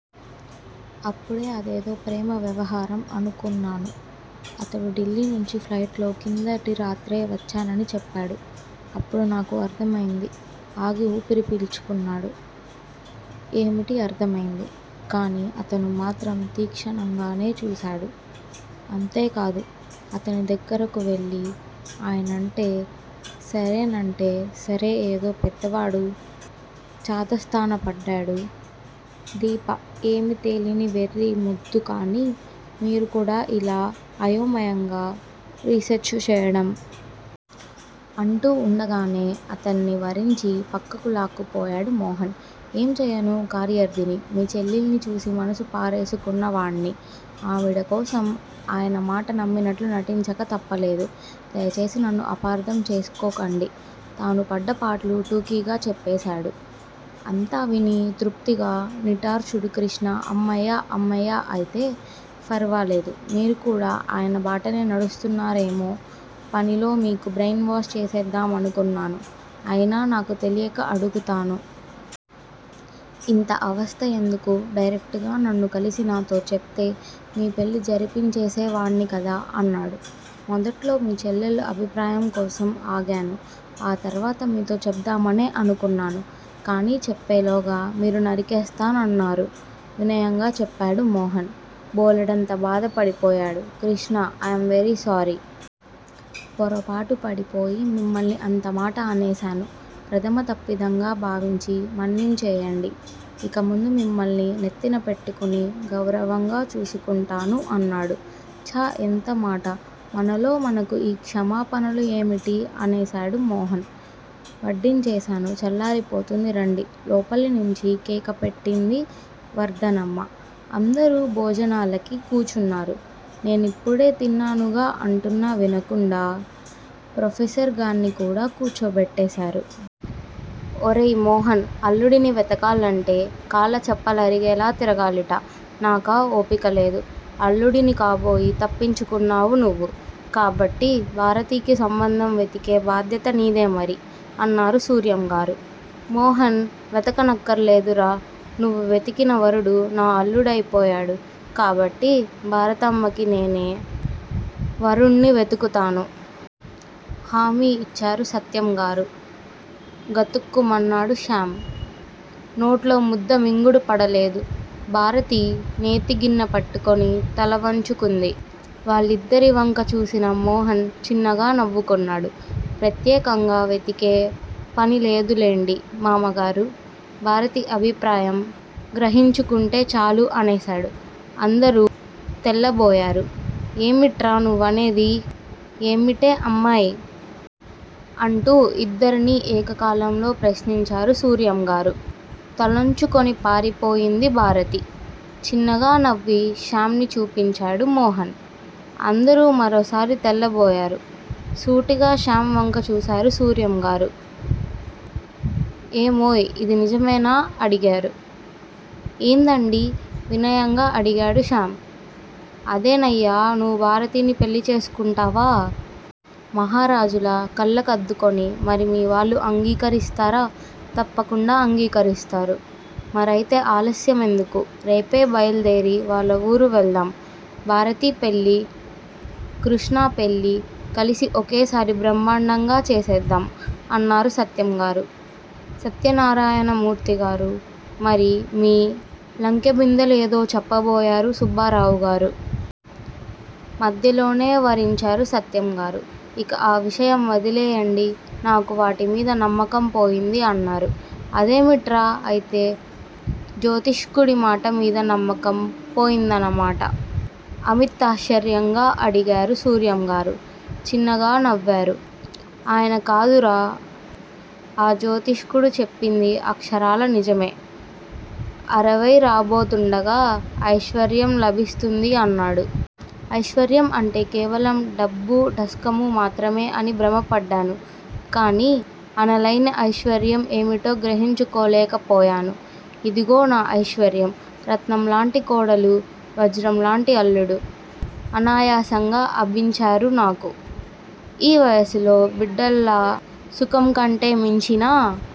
అప్పుడే అదేదో ప్రేమ వ్యవహారం అనుకొన్నాను. అతడు ఢిల్లీ నుంచి ప్లైట్ లో కిందటి రాత్రే వచ్చానని చెపాడు. అప్పుడు నాకు అర్థం అయింది ఆగి ఊపిరి పీల్చుకున్నాడు. ఏమిటి అర్థం అయింది? కానీ అతనుమాత్రం తీక్షణంగానేచూశాడు. అంతే కాదు అతని దగ్గరకువెళ్ళి, ఆయనంటే సరేనంటే సరే ఏదో పెద్దవాడు చాదస్తాన పడ్డాడు దీప ఏమీతెలీని వెర్రి మొద్దు కానీ మీరు కూడా ఇలా అయోమయంగా రిసెర్చ్ చెయ్యడం! అంటూ వుండగానే అతన్ని వరించి పక్కకు లాక్కుపోయాడు మోహన్. ఏం చెయ్యను కార్యార్థిని. మీ చెల్లెలిని చూసి మనసు పారేసుకున్నవాడిని ఆవిడకోసం ఆయన మాట నమ్మినట్లు నటించక తప్పలేదు. దయచేసి నన్ను అపార్థం చేసుకోకండి తానుపడ్డ పాట్లు టూకీగా చెప్పేశాడు. అంతా విని తృప్తిగా నిట్టూర్చాడు క్రిష్ణ అమ్మయ్య అమ్మయ్య అయితే ఫర్వాలేదు మీరుకూడా ఆయన బాటనే నడుస్తున్నారేమో పనిలో మీకూ బ్రెయిన్ వాష్ చేసేద్దామనుకున్నాను అయినా నాకు తెలీయక అడుగుతాను. ఇంత అవస్థయెందుకు? డైరెక్టుగా నన్ను కలిసి నాతొ చెప్తే మీ పెళ్ళి జరిపేసేవాడిని కదా! అన్నాడు. మొదట్లో మీ చెల్లెలు అభిప్రాయంకోసం ఆగాను ఆ తర్వాత మీతో చెప్దామనే అనుకున్నాను. కానీ చెప్పేలోగా మీరు నరికేస్తానన్నారు వినయంగా చెప్పాడు మోహన్. బోలెడంత బాధపడిపోయాడు కృష్ణ ఐయాం వెరీ సారీ! పొరపాటు పడిపోయి మిమ్మల్ని అంతమాట అనేశాను. ప్రధమ తప్పిదంగా భావించి మన్నించెయ్యండి. ఇక ముందు మిమ్మల్ని నెత్తిన పెట్టుకుని గౌరవంగా చూసుకుంటాను అన్నాడు. ఛ యెంతమాట మనలో మనకు ఈ క్షమాపణలు ఏమిటి? అనేశాడు మోహన్. వడ్డించేశాను చల్లారిపోతుంది రండి! లోపలినించి కేకపెట్టింది వర్ధనమ్మ. అందరూ భోజనాలకి కూర్చున్నారు నేనిప్పుడే తిన్నానుగా అంటున్నా వినకుండా ప్రొఫెసర్ గార్నికూడా కూర్చోబెట్టేశారు. ఒరేయ్ మోహన్ అల్లుడిని. వెతకాలంటే కాళ్ళ చెప్పలరిగేలా తిరగాలిట నాకా ఓపిక లేదు. అల్లుడిని కాబోయి తప్పించుకున్నావు నువ్వు. కాబట్టి భారతికి సంబంధం వెతికే బాధ్యత నీదేమరి! అన్నారు సూర్యంగారు. మోహన్ వెతకనక్కరాలేదురా! నువ్వు వెతికిన వరుడు నా అల్లుడైనపోయాడు కాబట్టి భారతమ్మకి నేనే వరుడిని వెతుకుతాను! హామీ ఇచ్చారు సత్యంగారు. గతుక్కుమన్నాడు శ్యామ్. నోట్లో ముద్ద మింగుడు పడలేదు. భారతి నేతి గిన్నె పట్టుకొని తలవంచుకుంది. వాళ్ళిద్దరివంకా చూసిన మోహన్ చిన్నగా నవ్వుకున్నాడు. ప్రత్యేకంగా వెతికే పనిలేదులెండి మామగారూ! భారతి అభిప్రాయం గ్రహించుకుంటే చాలు అనేశాడు. అందరూ తెల్లబోయారు. ఏమిట్రా నువ్వనేది? ఏమిటే అమ్మాయ్? అంటూ ఇద్దరినీ ఏక కాలంలో ప్రశ్నించారు సూర్యంగారు. తలోంచుకుని పారిపోయింది భారతి. చిన్నగా నవ్వి శ్యామ్ ని చూపించాడు మోహన్. అందరూ మరోసారి తెల్లబోయారు. సూటిగా శ్యామ్ వంక చూసారు సూర్యంగారు. ఏమోయ్ ఇది నిజమేనా? అడిగారు. ఏదండీ? వినయంగా అడిగాడు శ్యామ్. అదేనయ్యా! నువ్వు భారతిని పెళ్ళి చేసుకుంటావా? మహారాజులా! కళ్ళకద్దుకొని మరి మీ వాళ్ళు అంగీకరిస్తారా? తప్పకుండా అంగీకరిస్తారు మరయితే ఆలస్యం ఎందుకు? రేపే బయలుదేరి వాళ్ళ వూరు వెళ్దాం. భారతి పెళ్ళి, కృష్ణ పెళ్ళి కలిసి ఒకేసారి బ్రహ్మాండంగా చేసేద్దాం! అన్నారు సత్యంగారు. సత్యనారాయణమూర్తిగారూ! మరి మీ లంకెబిందెలు ఏదో చెప్పబోయారు సుబ్బారావుగారు. మధ్యలోనే వారించారు సత్యంగారు ఇక ఆ విషయం వదిలెయ్యండి నాకు వాటిమీద నమ్మకం పోయింది అన్నారు. అదేమిట్రా అయితే జ్యోతిష్కుడి మాటమీద నమ్మకం పోయిందన్నమాట అమితాశ్చర్యంగా అడిగారు సూర్యంగారు. చిన్నగా నవ్వారు ఆయన కాదురా! ఆ జ్యోతిష్కుడు చెప్పింది అక్షరాలా నిజమే. అరవై రాబోతుండగా ఐశ్వర్యం లభిస్తుంది అన్నాడు. ఐశ్వర్యం అంటే కేవలం డబ్బు దస్కమూ మాత్రమే అని భ్రమపడ్డాను. కానీ అనలయిన ఐశ్వర్యం ఏమిటోగ్రహించుకోలేకపోయాను ఇదుగో నా ఐశ్వర్యం. రత్నంలాటి కోడలు, వజ్రంలాటిఅల్లుడు అనాయాసంగా అభించారు నాకు. ఈ వయసులో బిడ్డల సుఖంకంటే మించిన